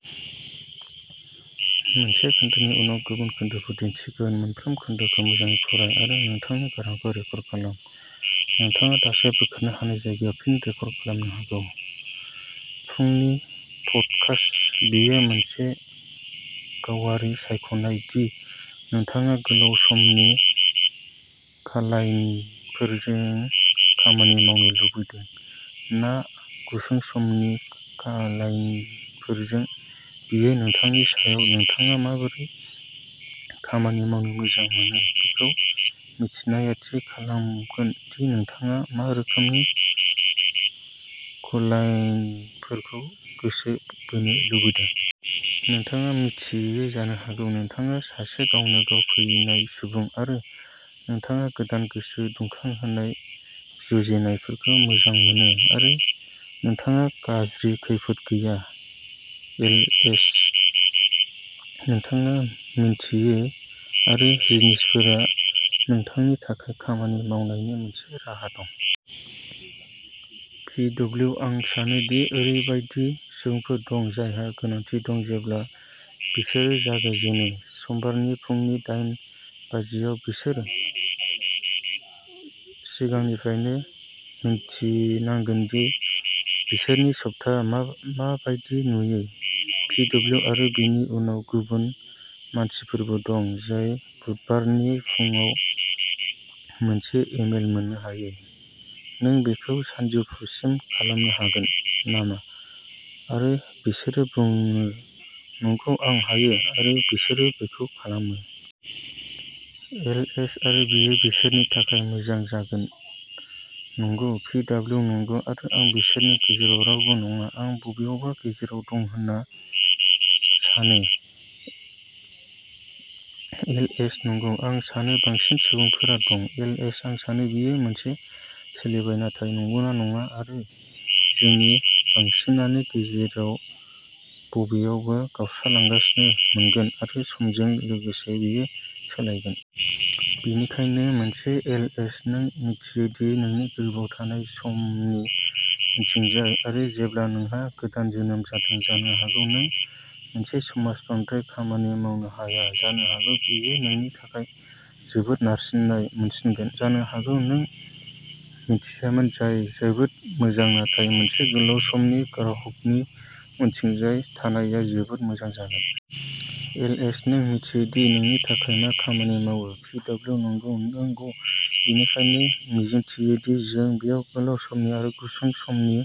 फुंनि पडकास्ट, बेयो मोनसे गावारि सायख'नाय दि नोंथाङा गोलाव समनि क्लाइन्टफोरजों खामानि मावनो लुबैदों ना गुसुं समनि क्लाइन्टफोरजों। बेयो नोंथांनि सायाव। नोंथाङा माबोरै खामानि मावनो मोजां मोनो बेखौ मिथिनाया थि खालामगोन दि नोंथाङा मा रोखोमनि क्लाइन्टफोरखौ गोसो बोनो लुबैदों। नोंथाङा मिन्थियो जानो हागौ नोंथाङा सासे गावनो-गाव फैनाय सुबुं आरो नोंथाङा गोदान गोसो दुंखां होनाय जुजिनायफोरखौ मोजां मोनो आरो नोंथाङा गाज्रि खैफोद गैया। एलएच नोंथाङा मिन्थियो आरो जिनिसफोरा नोंथांनि थाखाय खामानि मावनायनि मोनसे राहा दं। पि डब्लिउ आं सानो दि ओरैबायदि सुबुंफोर दं जायहा गोनांथि दं जेब्ला बिसोरो जागायजेनो। समबारनि फुंनि दायेन बाजियाव, बिसोर सिगांनिफ्रायनो मिन्थिनांगोन दि बिसोरनि सप्ता माबायदि नुयो। पि डब्लिउ आरो बेनि उनाव गुबुन मानसिफोरबो दं जाय बुधबारनि फुंआव मोनसे इमेल मोन्नो हायो, नों बेखौ सानजौफुसिम खालामनो हागोन नामा आरो बिसोरो बुङो नंगौ आं हायो आरो बिसोरो बेखौ खालामो। एलएच आरो बेयो बिसोरनि थाखाय मोजां जागोन, नगौ। पि डब्लिउ नंगौ आरो आं बिसोरनि गेजेराव रावबो नङा, आं बबेयावबा गेजेराव दं होनना सानो। एलएच नंगौ आं सानो बांसिन सुबुंफोरा दं। एलएच आं सानो बेयो मोनसे सोलिबाय थानाय, नंगौना नङा आरो जोंनि बांसिनानो गेजेराव बबेयावबा गावस्रालांगासिनो मोनगोन आरो समजों लोगोसे बेयो सोलायगोन। बेनिखायनो मोनसे एल एच नों मिन्थियो दि नोंनि गोर्बोआव थानाय समनि उनथिंजाय आरो जेब्ला नोंहा गोदान जोनोम जादों जानो हागौ नों मोनसे समाव बांद्राय खामानि मावनो हाया जानो हागौ बेयो नोंनि थाखाय जोबोद नारसिननाय मोनसिगोन जानो हागौ नों मिन्थियामोन, जाय जोबोद मोजां नाथाय मोनसे गोलाव समनि ग्राहकनि उनथिंजाय थानायआ जोबोद मोजां जागोन। एल एच नों मिन्थियो दि नोंनि थाखाय मा खामानि मावो। पि डब्लिउ नंगौ, नंगौ। बेनिखायनो मिजिंथियोदि जों बेयाव गोलाव समनि आरो गुसुं समनि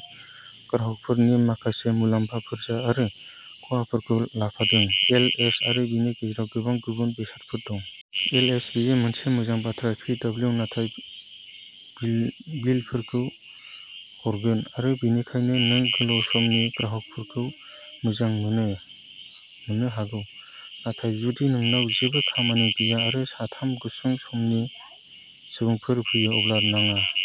ग्राहकफोरनि माखासे मुलाम्फाफोर आरो खहाफोरखौ लाफादों। एल एच आरो बेनि गेजेराव गोबां गुबुन बेसादफोर दं। एल एच बेयो मोनसे मोजां बाथ्रा। पि डब्लिउ नाथाय बिलफोरखौ हरगोन आरो बेनिखायनो नों गोलाव समनि ग्राहकफोरखौ मोजां मोननो हागौ नाथाय जुदि नोंनाव जेबो खामानि गैया आरो साथाम गुसुं समनि सुबुंफोर फैयो अब्ला नाङा।